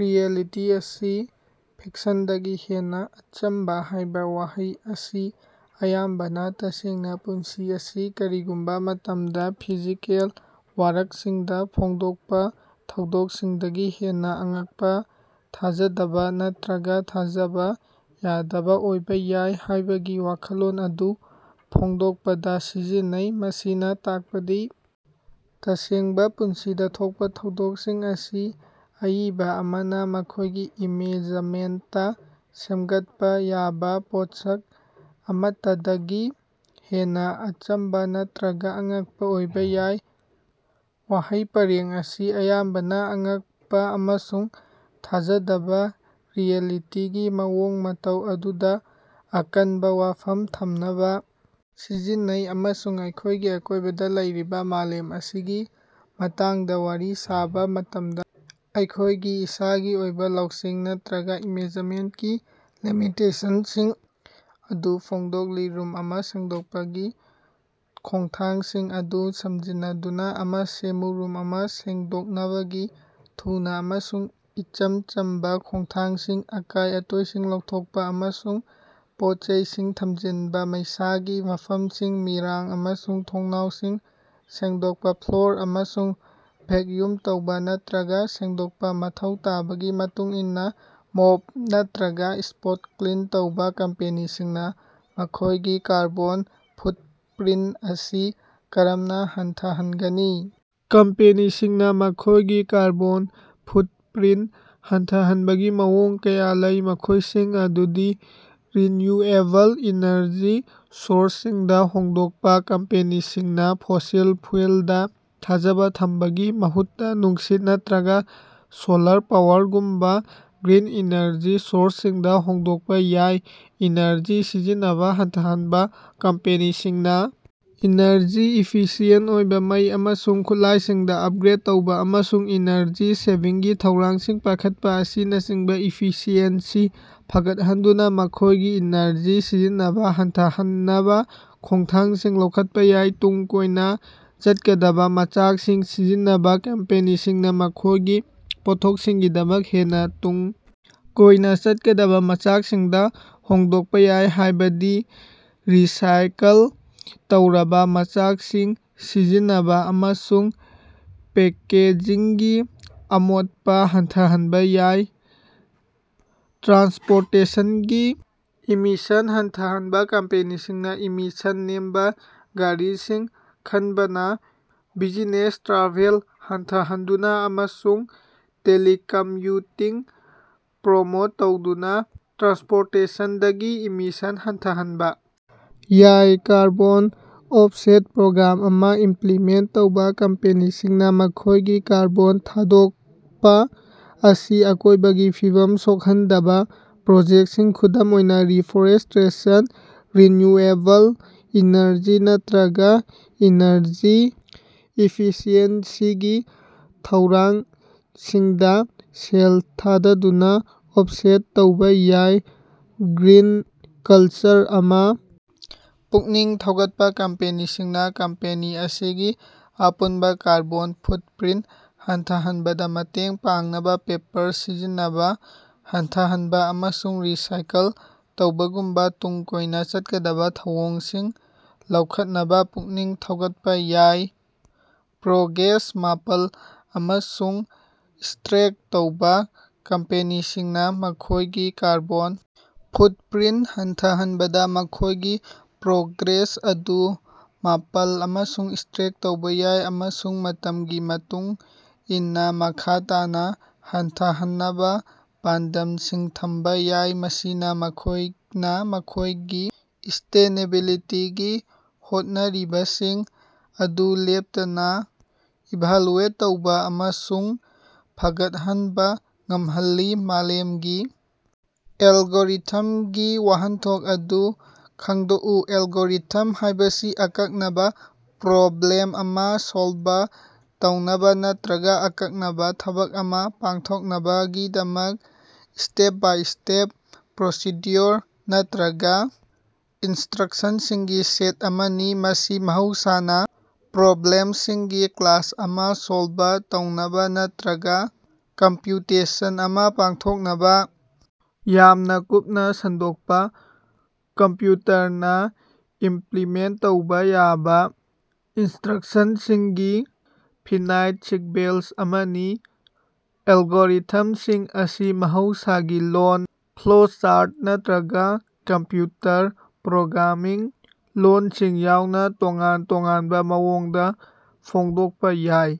Reality ꯑꯁꯤ ꯐꯤꯛꯁꯟꯗꯒꯤ ꯍꯦꯟꯅꯥ ꯑꯆꯝꯕ ꯍꯥꯏꯕ ꯋꯥꯍꯩ ꯑꯁꯤ ꯑꯌꯥꯝꯕꯅ ꯇꯁꯦꯡꯅꯥ ꯄꯨꯟꯁꯤ ꯑꯁꯤ ꯀꯔꯤꯒꯨꯝꯕ ꯃꯇꯝꯗꯥ ꯐꯤꯖꯤꯀꯦꯜ ꯋꯥꯔꯛꯁꯤꯡꯗꯥ ꯐꯣꯡꯗꯣꯛꯄꯥ ꯊꯧꯗꯣꯛꯁꯤꯡꯗꯒꯤ ꯍꯦꯟꯅꯥ ꯑꯉꯛꯄꯥ, ꯊꯥꯖꯗꯕꯥ ꯅꯠꯇ꯭ꯔꯒꯥ ꯊꯥꯖꯕ ꯌꯥꯗꯕ ꯑꯣꯏꯕ ꯌꯥꯏ ꯍꯥꯏꯕꯒꯤ ꯋꯥꯈꯜꯂꯣꯟ ꯑꯗꯨ ꯐꯣꯡꯗꯣꯛꯄꯗꯥ ꯁꯤꯖꯤꯟꯅꯩ꯫ ꯃꯁꯤꯅ ꯇꯥꯛꯄꯗꯤ ꯇꯁꯦꯡꯕꯥ ꯄꯨꯟꯁꯤꯗꯥ ꯊꯣꯛꯄꯥ ꯊꯧꯗꯣꯛꯁꯤꯡ ꯑꯁꯤ ꯑꯏꯕꯥ ꯑꯃꯅ ꯃꯈꯣꯏꯒꯤ ꯏꯃꯦꯖꯃꯦꯟꯇꯥ ꯁꯦꯝꯒꯠꯄꯥ ꯌꯥꯕ ꯄꯣꯠꯁꯛ ꯑꯃꯠꯇꯗꯒꯤ ꯍꯦꯟꯅꯥ ꯑꯆꯝꯕꯥ ꯅꯠꯇ꯭ꯔꯒꯥ ꯑꯉꯛꯄꯥ ꯑꯣꯏꯕ ꯌꯥꯏ꯫ ꯋꯥꯍꯩ ꯄꯔꯦꯡ ꯑꯁꯤ ꯑꯌꯥꯝꯕꯅ ꯑꯉꯛꯄꯥ ꯑꯃꯁꯨꯡ ꯊꯥꯖꯗꯕꯥ ꯔꯤꯑꯦꯂꯤꯇꯤꯒꯤ ꯃꯑꯣꯡ ꯃꯇꯧ ꯑꯗꯨꯗꯥ ꯑꯀꯟꯕꯥ ꯋꯥꯐꯝ ꯊꯝꯅꯕꯥ ꯁꯤꯖꯤꯟꯅꯩ, ꯑꯃꯁꯨꯡ ꯑꯩꯈꯣꯏꯒꯤ ꯑꯀꯣꯏꯕꯗꯥ ꯂꯩꯔꯤꯕ ꯃꯥꯂꯦꯝ ꯑꯁꯤꯒꯤ ꯃꯇꯥꯡꯗ ꯋꯥꯔꯤ ꯁꯥꯕ ꯃꯇꯝꯗꯥ ꯑꯩꯈꯣꯏꯒꯤ ꯏꯁꯥꯒꯤ ꯑꯣꯏꯕ ꯂꯧꯁꯤꯡ ꯅꯠꯇ꯭ꯔꯒꯥ ꯏꯃꯦꯖꯃꯦꯟꯀꯤ ꯂꯤꯃꯤꯇꯦꯁꯟꯁꯤꯡ ꯑꯗꯨ ꯐꯣꯡꯗꯣꯛꯂꯤ꯫ ꯔꯨꯝ ꯑꯃ ꯁꯦꯡꯗꯣꯛꯄꯒꯤ ꯈꯣꯡꯊꯥꯡꯁꯤꯡ ꯑꯗꯨ ꯁꯃꯖꯤꯟꯅꯗꯨꯅꯥ ꯑꯃ ꯁꯦꯝꯃꯨ꯫ ꯔꯨꯝ ꯑꯃ ꯁꯦꯡꯗꯣꯛꯅꯕꯒꯤ ꯊꯨꯅꯥ ꯑꯃꯁꯨꯡ ꯏꯆꯝ ꯆꯝꯕꯥ ꯈꯣꯡꯊꯥꯡꯁꯤꯡ: ꯑꯀꯥꯏ-ꯑꯇꯣꯏꯁꯤꯡ ꯂꯧꯊꯣꯛꯄꯥ ꯑꯃꯁꯨꯡ ꯄꯣꯠ-ꯆꯩꯁꯤꯡ ꯊꯝꯖꯤꯟꯕꯥ ꯃꯩꯁꯥꯒꯤ ꯃꯐꯝꯁꯤꯡ ꯃꯤꯔꯥꯡ ꯑꯃꯁꯨꯡ ꯊꯣꯡꯅꯥꯎꯁꯤꯡ ꯁꯦꯡꯗꯣꯛꯄꯥ ꯐ꯭ꯂꯣꯔ ꯑꯗꯨ ꯚꯦꯛꯌꯨꯝ ꯇꯧꯕ ꯅꯠꯇ꯭ꯔꯒꯥ ꯁꯦꯡꯗꯣꯛꯄꯥ ꯫ꯃꯊꯧ ꯇꯥꯕꯒꯤ ꯃꯇꯨꯡꯏꯟꯅꯥ ꯃꯣꯞ ꯅꯠꯇ꯭ꯔꯒꯥ ꯁ꯭ꯄꯣꯠ ꯀ꯭ꯂꯤꯟ ꯇꯧꯕ꯫ ꯀꯝꯄꯦꯅꯤꯁꯤꯡꯅꯥ ꯃꯈꯣꯏꯒꯤ ꯀꯥꯔꯕꯣꯟ ꯐꯨꯠꯄ꯭ꯔꯤꯟ ꯑꯁꯤ ꯀꯔꯝꯅꯥ ꯍꯟꯊꯍꯟꯒꯅꯤ? ꯀꯝꯄꯦꯅꯤꯁꯤꯡꯅꯥ ꯃꯈꯣꯏꯒꯤ ꯀꯥꯔꯕꯣꯟ ꯐꯨꯠꯄ꯭ꯔꯤꯟ ꯍꯟꯊꯍꯟꯕꯒꯤ ꯃꯑꯣꯡ ꯀꯌꯥ ꯂꯩ, ꯃꯈꯣꯏꯁꯤꯡ ꯑꯗꯨꯗꯤ: ꯔꯤꯟꯌꯨꯑꯦꯕꯜ ꯏꯅꯔꯖꯤ ꯁꯣꯔꯁꯁꯤꯡꯗꯥ ꯍꯣꯡꯗꯣꯛꯄꯥ: ꯀꯝꯄꯦꯅꯤꯁꯤꯡꯅꯥ ꯐꯣꯁꯤꯜ ꯐ꯭ꯌꯨꯑꯦꯜꯗꯥ ꯊꯥꯖꯕ ꯊꯝꯕꯒꯤ ꯃꯍꯨꯠꯇꯥ ꯅꯨꯡꯁꯤꯠ ꯅꯠꯇ꯭ꯔꯒꯥ ꯁꯣꯂꯥꯔ ꯄꯥꯋꯔꯒꯨꯝꯕꯥ ꯒ꯭ꯔꯤꯟ ꯏꯅꯔꯖꯤ ꯁꯣꯔꯁꯁꯤꯡꯗꯥ ꯍꯣꯡꯗꯣꯛꯄ ꯌꯥꯏ꯫ ꯏꯅꯔꯖꯤ ꯁꯤꯖꯤꯟꯅꯕꯥ ꯍꯟꯊꯍꯟꯕꯥ: ꯀꯝꯄꯦꯅꯤꯁꯤꯡꯅꯥ ꯏꯅꯔꯖꯤ ꯏꯐꯤꯁꯤꯌꯦꯟ ꯑꯣꯏꯕ ꯃꯩ ꯑꯃꯁꯨꯡ ꯈꯨꯠꯂꯥꯏꯁꯤꯡꯗ ꯑꯞꯒ꯭ꯔꯦꯠ ꯇꯧꯕ, ꯑꯃꯁꯨꯡ ꯏꯅꯔꯖꯤ ꯁꯦꯚꯤꯡꯒꯤ ꯊꯧꯔꯥꯡꯁꯤꯡ ꯄꯥꯏꯈꯠꯄ ꯑꯁꯤꯅꯆꯤꯡꯕ ꯏꯐꯤꯁꯤꯑꯦꯟꯁꯤ ꯐꯒꯠꯍꯟꯗꯨꯅꯥ ꯃꯈꯣꯏꯒꯤ ꯏꯅꯔꯖꯤ ꯁꯤꯖꯤꯟꯅꯕꯥ ꯍꯟꯊꯍꯟꯅꯕꯥ ꯈꯣꯡꯊꯥꯡꯁꯤꯡ ꯂꯧꯈꯠꯄꯥ ꯌꯥꯏ꯫ ꯇꯨꯡ ꯀꯣꯏꯅꯥ ꯆꯠꯀꯗꯕꯥ ꯃꯆꯥꯛꯁꯤꯡ ꯁꯤꯖꯤꯟꯅꯕꯥ: ꯀꯝꯄꯦꯅꯤꯁꯤꯡꯅꯥ ꯃꯈꯣꯏꯒꯤ ꯄꯣꯠꯊꯣꯛꯁꯤꯡꯒꯤꯗꯃꯛ ꯍꯦꯟꯅꯥ ꯇꯨꯡ ꯀꯣꯏꯅꯥ ꯆꯠꯀꯗꯕꯥ ꯃꯆꯥꯛꯁꯤꯡꯗꯥ ꯍꯣꯡꯗꯣꯛꯄꯥ ꯌꯥꯏ, ꯍꯥꯏꯕꯗꯤ ꯔꯤꯁꯥꯏꯀꯜ ꯇꯧꯔꯕꯥ ꯃꯆꯥꯛꯁꯤꯡ ꯁꯤꯖꯤꯟꯅꯕꯥ, ꯑꯃꯁꯨꯡ ꯄꯦꯀꯦꯖꯤꯡꯒꯤ ꯑꯃꯣꯠꯄꯥ ꯍꯟꯊꯍꯟꯕꯥ ꯌꯥꯏ꯫ ꯇ꯭ꯔꯥꯟꯁꯄꯣꯔꯇꯦꯁꯟꯒꯤ ꯏꯃꯤꯁꯟ ꯍꯟꯊꯍꯟꯕꯥ: ꯀꯝꯄꯦꯅꯤꯁꯤꯡꯅꯥ ꯏꯃꯤꯁꯟ ꯅꯦꯝꯕꯥ ꯒꯥꯔꯤꯁꯤꯡ ꯈꯟꯕꯅꯥ, ꯕꯤꯖꯤꯅꯦꯁ ꯇ꯭ꯔꯥꯚꯦꯜ ꯍꯟꯊꯍꯟꯗꯨꯅꯥ, ꯑꯃꯁꯨꯡ ꯇꯦꯂꯤꯀꯝꯌꯨꯇꯤꯡ ꯄ꯭ꯔꯃꯣꯠ ꯇꯧꯗꯨꯅꯥ ꯇ꯭ꯔꯥꯟꯁꯄꯣꯔꯇꯦꯁꯟꯗꯒꯤ ꯏꯃꯤꯁꯟ ꯍꯟꯊꯍꯟꯕꯥ ꯌꯥꯏ꯫ ꯀꯥꯔꯕꯣꯟ ꯑꯣꯐꯁꯦꯠ ꯄ꯭ꯔꯣꯒ꯭ꯔꯥꯝ ꯑꯃ ꯏꯃꯄ꯭ꯂꯤꯃꯦꯟ ꯇꯧꯕ: ꯀꯝꯄꯦꯅꯤꯁꯤꯡꯅꯥ ꯃꯈꯣꯏꯒꯤ ꯀꯥꯔꯕꯣꯟ ꯊꯥꯗꯣꯛꯄꯥ ꯑꯁꯤ ꯑꯀꯣꯏꯕꯒꯤ ꯐꯤꯚꯝ ꯁꯣꯛꯍꯟꯗꯕꯥ ꯄ꯭ꯔꯣꯖꯦꯛꯁꯤꯡ, ꯈꯨꯗꯝ ꯑꯣꯏꯅ ꯔꯤꯐꯣꯔꯁ꯭ꯇꯦꯁꯟ, ꯔꯤꯟꯌꯨꯑꯦꯕꯜ ꯏꯅꯔꯖꯤ, ꯅꯠꯇ꯭ꯔꯒꯥ ꯏꯅꯔꯖꯤ ꯏꯐꯤꯁꯤꯑꯦꯟꯁꯤꯒꯤ ꯊꯧꯔꯥꯡꯁꯤꯡꯗꯥ ꯁꯦꯜ ꯊꯥꯗꯗꯨꯅꯥ ꯑꯣꯐꯁꯦꯠ ꯇꯧꯕ ꯌꯥꯏ꯫ ꯒ꯭ꯔꯤꯟ ꯀꯜꯆꯔ ꯑꯃ ꯄꯨꯛꯅꯤꯡ ꯊꯧꯒꯠꯄꯥ: ꯀꯝꯄꯦꯅꯤꯁꯤꯡꯅꯥ ꯀꯝꯄꯦꯅꯤ ꯑꯁꯤꯒꯤ ꯑꯄꯨꯟꯕꯥ ꯀꯥꯔꯕꯣꯟ ꯐꯨꯠꯄ꯭ꯔꯤꯟ ꯍꯟꯊꯍꯟꯕꯗꯥ ꯃꯇꯦꯡ ꯄꯥꯡꯅꯕ ꯄꯦꯄꯔ ꯁꯤꯖꯤꯟꯅꯕꯥ ꯍꯟꯊꯍꯟꯕꯥ ꯑꯃꯁꯨꯡ ꯔꯤꯁꯥꯏꯀꯜ ꯇꯧꯕꯒꯨꯝꯕꯥ ꯇꯨꯡ ꯀꯣꯏꯅꯥ ꯆꯠꯀꯗꯕꯥ ꯊꯧꯑꯣꯡꯁꯤꯡ ꯂꯧꯈꯠꯅꯕꯥ ꯄꯨꯛꯅꯤꯡ ꯊꯧꯒꯠꯄꯥ ꯌꯥꯏ꯫ ꯄ꯭ꯔꯣꯒ꯭ꯔꯦꯁ ꯃꯥꯄꯜ ꯑꯃꯁꯨꯡ ꯇ꯭ꯔꯦꯛ ꯇꯧꯕ: ꯀꯝꯄꯦꯅꯤꯁꯤꯡꯅꯥ ꯃꯈꯣꯏꯒꯤ ꯀꯥꯔꯕꯣꯟ ꯐꯨꯠꯄ꯭ꯔꯤꯟ ꯍꯟꯊꯍꯟꯕꯗꯥ ꯃꯈꯣꯏꯒꯤ ꯄ꯭ꯔꯣꯒ꯭ꯔꯦꯁ ꯑꯗꯨ ꯃꯥꯄꯜ ꯑꯃꯁꯨꯡ ꯇ꯭ꯔꯦꯛ ꯇꯧꯕ ꯌꯥꯏ, ꯑꯃꯁꯨꯡ ꯃꯇꯝꯒꯤ ꯃꯇꯨꯡ ꯏꯟꯅꯥ ꯃꯈꯥ ꯇꯥꯅꯥ ꯍꯟꯊꯍꯟꯅꯕꯥ ꯄꯥꯟꯗꯝꯁꯤꯡ ꯊꯝꯕꯥ ꯌꯥꯏ꯫ ꯃꯁꯤꯅ ꯃꯈꯣꯏꯅ ꯃꯈꯣꯏꯒꯤ ꯁꯁ꯭ꯇꯦꯅꯦꯕꯤꯂꯤꯇꯤꯒꯤ ꯍꯣꯠꯅꯔꯤꯕꯁꯤꯡ ꯑꯗꯨ ꯂꯦꯞꯇꯅꯥ ꯏꯚꯥꯂꯨꯑꯦꯠ ꯇꯧꯕ ꯑꯃꯁꯨꯡ ꯐꯒꯠꯍꯟꯕꯥ ꯉꯝꯍꯜꯂꯤ꯫ ꯃꯥꯂꯦꯝꯒꯤ 'ꯑꯦꯜꯒꯣꯔꯤꯊꯝ'ꯒꯤ ꯋꯥꯍꯟꯊꯣꯛ ꯑꯗꯨ ꯈꯪꯗꯣꯛꯎ꯫ ꯑꯦꯜꯒꯣꯔꯤꯊꯝ ꯍꯥꯏꯕꯁꯤ ꯑꯀꯛꯅꯕꯥ ꯄ꯭ꯔꯣꯕ꯭ꯂꯦꯝ ꯑꯃ ꯁꯣꯜꯕ ꯇꯧꯅꯕꯥ ꯅꯠꯇ꯭ꯔꯒꯥ ꯑꯀꯛꯅꯕꯥ ꯊꯕꯛ ꯑꯃ ꯄꯥꯡꯊꯣꯛꯅꯕꯒꯤꯗꯃꯛ ꯁ꯭ꯇꯦꯞ-ꯕꯥꯏ-ꯁ꯭ꯇꯦꯞ ꯄ꯭ꯔꯣꯁꯤꯗ꯭ꯌꯨꯑꯣꯔ ꯅꯠꯇ꯭ꯔꯒꯥ ꯏꯟꯁꯇ꯭ꯔꯛꯁꯟꯁꯤꯡꯒꯤ ꯁꯦꯠ ꯑꯃꯅꯤ꯫ ꯃꯁꯤ ꯃꯍꯧꯁꯥꯅ ꯄ꯭ꯔꯣꯕ꯭ꯂꯦꯝꯁꯤꯡꯒꯤ ꯀ꯭ꯂꯥꯁ ꯑꯃ ꯁꯣꯜꯕ ꯇꯧꯅꯕꯥ ꯅꯠꯇ꯭ꯔꯒꯥ ꯀꯝꯄ꯭ꯌꯨꯇꯦꯁꯟ ꯑꯃ ꯄꯥꯡꯊꯣꯛꯅꯕꯥ ꯌꯥꯝꯅ ꯀꯨꯞꯅꯥ ꯁꯦꯝꯗꯣꯛꯄꯥ, ꯀꯝꯄ꯭ꯌꯨꯇꯔꯅꯥ ꯏꯝꯄ꯭ꯂꯤꯃꯦꯟ ꯇꯧꯕ ꯌꯥꯕ ꯏꯟꯁꯇ꯭ꯔꯛꯁꯟꯁꯤꯡꯒꯤ ꯐꯤꯅꯥꯏꯠ ꯁꯤꯛꯕꯦꯟꯁ ꯑꯃꯅꯤ꯫ ꯑꯦꯜꯒꯣꯔꯤꯊꯝꯁꯤꯡ ꯑꯁꯤ ꯃꯍꯧꯁꯥꯒꯤ ꯂꯣꯜ, ꯐ꯭ꯂꯣꯆꯥꯔꯠ ꯅꯠꯇ꯭ꯔꯒꯥ ꯀꯝꯄ꯭ꯌꯨꯇꯔ ꯄ꯭ꯔꯣꯒ꯭ꯔꯥꯃꯤꯡ ꯂꯣꯜꯁꯤꯡ ꯌꯥꯎꯅ ꯇꯣꯉꯥꯟ ꯇꯣꯉꯥꯟꯕ ꯃꯑꯣꯡꯗ ꯐꯣꯡꯗꯣꯛꯄꯥ ꯌꯥꯏ꯫